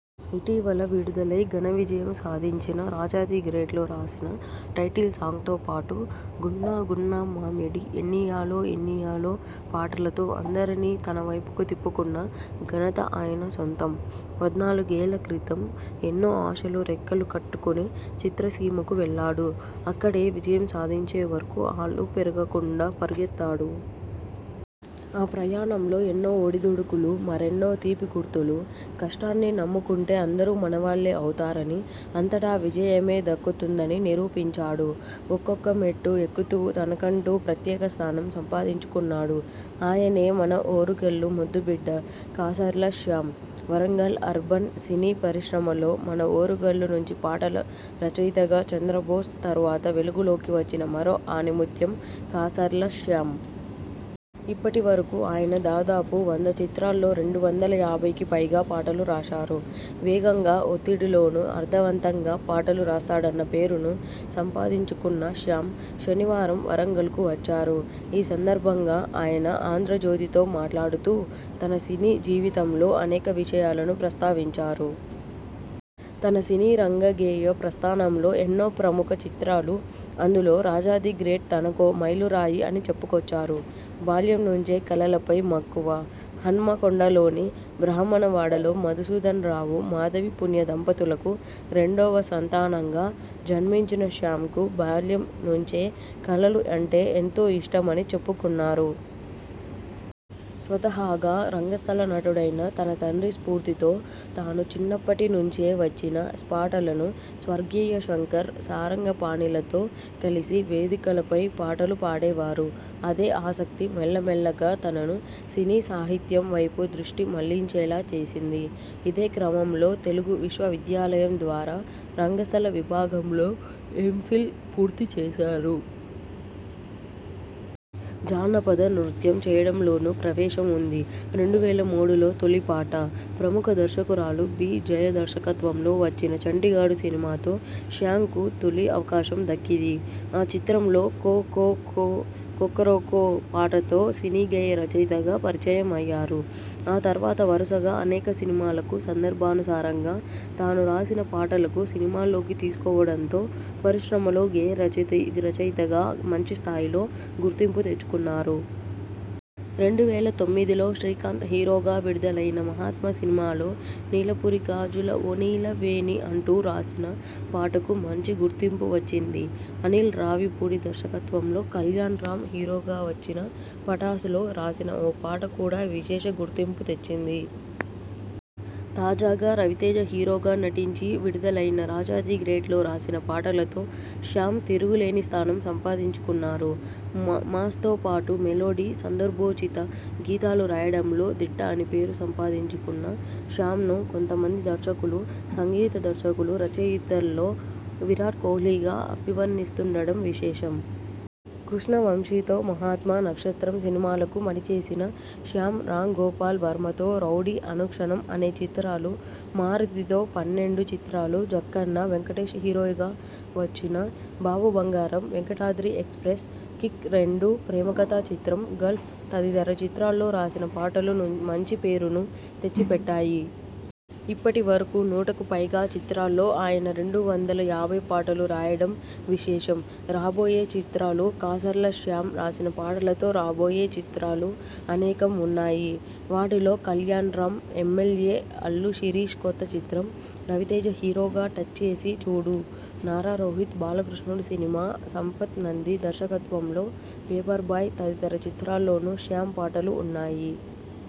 ఇటీవల విడుదలై ఘనవిజయం సాధించిన రాజా ది గ్రేట్ లో రాసిన టైటిల్ సాంగ్తో పాటు గున్నాగున్నామామిడి, ఎన్నియాలో ఎన్నియాలో పాటలతో అందరినీ తనవైపుకు తిప్పుకున్న ఘనత ఆయన సొంతం. పద్నాలుగేళ్ల క్రితం ఎన్నో ఆశలు రెక్కలు కట్టుకుని చిత్రసీమకు వెళ్లాడు. అక్కడే విజయం సాధించేవరకు అలుపెరగకుండా పరుగెత్తాడు. ఆ ప్రయాణంలో ఎన్నో ఒడిదొడుకులు. మరెన్నో తీపిగుర్తులు. కష్టాన్నే నమ్ముకుంటే అందరూ మనవాళ్లే అవుతారని, అంతటా విజయమే దక్కుతుందని నిరూపించాడు.. ఒక్కొక్క మెట్టు ఎక్కుతూ తనకంటూ ప్రత్యేక స్థానం సంపాదించుకున్నాడు. ఆయనే మన ఓరుగల్లు ముద్దుబిడ్డ కాసర్ల శ్యాం. వరంగల్ అర్బన్ సినీ పరిశ్రమలో మన ఓరుగల్లు నుంచి పాటల రచయితగా చంద్రబోస్ తరువాత వెలుగులోకి వచ్చిన మరో ఆణిముత్యం కాసర్ల శ్యాం. ఇప్పటివరకు ఆయన దాదాపు వంద చిత్రాల్లో రెండు వందల యాభైకి పైగా పాటలు రాశారు. వేగంగా, ఒత్తిడిలోనూ అర్ధవంతంగా పాటలు రాస్తాడన్న పేరును సంపాదించుకున్న శ్యాం శనివారం వరంగల్కు వచ్చారు. ఈ సందర్భంగా ఆయన ఆంధ్రజ్యోతితో మాట్లాడుతూ తన సినీ జీవితంలో అనేక విషయాలను ప్రస్థావించారు. తన సినీ రంగ గేయ ప్రస్థానంలో ఎన్నో ప్రముఖ చిత్రాలు.. అందులో రాజా ది గ్రేట్ తనకో మైలురాయి అని చెప్పుకొచ్చారు. బాల్యం నుంచే కళలపై మక్కువ.. హన్మకొండలోని బ్రాహ్మణ వాడలో మధుసూదన్ రావు, మాధవి పుణ్య దంపతులకు రెండోవ సంతానంగా జన్మించిన శ్యామ్కు బాల్యం నుంచే కళలు అంటే ఎంతో ఇష్టమని చెప్పుకున్నారు. స్వతహాగా రంగస్థల నటుడైన తన తండ్రి స్ఫూర్తితో తాను చిన్నప్పటి నుంచే వచ్చిన పాటలను స్వర్గీయ శంకర్, సారంగపాణిలతో కలిసి వేదికలపై పాటలు పాడేవారు. అదే ఆసక్తి మెల్లమెల్లగా తనను సినీ సాహిత్యం వైపు దృష్టి మళ్లించేలా చేసింది. ఇదే క్రమంలో తెలుగు విశ్వవిద్యాలయం ద్వారా రంగస్థల విభాగంలో ఎంఫిల్ పూర్తి చేశారు. జానపద నృత్యం చేయడంలోనూ ప్రవేశం ఉంది. రెండు వేల మూడులో తొలిపాట. ప్రముఖ దర్శకురాలు బి. జయ దర్శకత్వంలో వచ్చిన చంటిగాడు సినిమాతో శ్యాంకు తొలి అవకాశం దక్కిది. ఆ చిత్రంలో కోకోకో.. కొక్కొరోకో'పాటతో సినీ గేయ రచయితగా పరిచయం అయ్యారు. ఆ తర్వాత వరుసగా అనేక సినిమాలకు సందర్భానుసారంగా తాను రాసిన పాటలకు సినిమాల్లోకి తీసుకోవడంతో పరిశ్రమలో గేయ రచయితయి రచయితగా మంచి స్థాయిలో గుర్తింపు తెచ్చుకున్నారు. రెండు వేల తొమ్మిదిలో శ్రీకాంత్ హీరోగా విడుదలైన మహాత్మ సినిమాలో నీలపురి గాజుల ఓ నీలవేణి అంటూ రాసిన పాటకు మంచి గుర్తింపు వచ్చింది. అనిల్ రావిపూడి దర్శకత్వంలో కళ్యాణ్రామ్ హీరోగా వచ్చిన పటాస్ లో రాసిన ఓ పాట కూడా విశేష గుర్తింపు తెచ్చింది. తాజాగా రవితేజ హీరోగా నటించి విడుదలైన రాజా ది గ్రేట్ లో రాసిన పాటలతో శ్యాం తిరుగులేని స్థానం సంపాదించుకున్నారు.మా మాస్తోపాటు మెలోడీ, సందర్భోచిత గీతాలు రాయడంలో దిట్ట అని పేరు సంపాదించుకున్న శ్యాంను కొంతమంది దర్శకులు, సంగీత దర్శకుడు రచయితల్లో విరాట్ కోహ్లీగా అభివర్ణిస్తుండడం విశేషం. కృష్ణవంశీతో మహాత్మ, నక్షత్రం సినిమాలకు పనిచేసిన శ్యామ్ రాంగోపాల్ వర్మతో రౌడీ, అనుక్షణం అనే చిత్రాలు, మారుతితో పన్నెండు చిత్రాలు, జక్కన్న, వెంకటేశ్ హీరోగా వచ్చిన బాబు బంగారం, వెంకటాద్రి ఎక్స్ప్రెస్, కిక్.రెండు, ప్రేమకథా చిత్రం, గల్ఫ్ తదితర చిత్రాల్లో రాసిన పాటలను మంచి పేరును తెచ్చిపెట్టాయి. ఇప్పటి వరకు నూటకు పైగా చిత్రాల్లో ఆయన రెండు వందల యాభై పాటలు రాయడం విశేషం. రాబోయే చిత్రాలు, కాసర్ల శ్యామ్ రాసిన పాటలతో రాబోయే చిత్రాలు అనేకం ఉన్నాయి. వాటిలో కల్యాణ్రాం, ఎమ్మెల్యే, అల్లు శిరీష్ కొత్త చిత్రం, రవితేజ హీరోగా టచ్చేసి చూడూ, నారా రోహిత్ బాలకృష్ణుడుసినిమా, సంపత్ నంది దర్శకత్వంలో పేపర్బాయ్ తదితర చిత్రాల్లోనూ శ్యామ్ పాటలు ఉన్నాయి.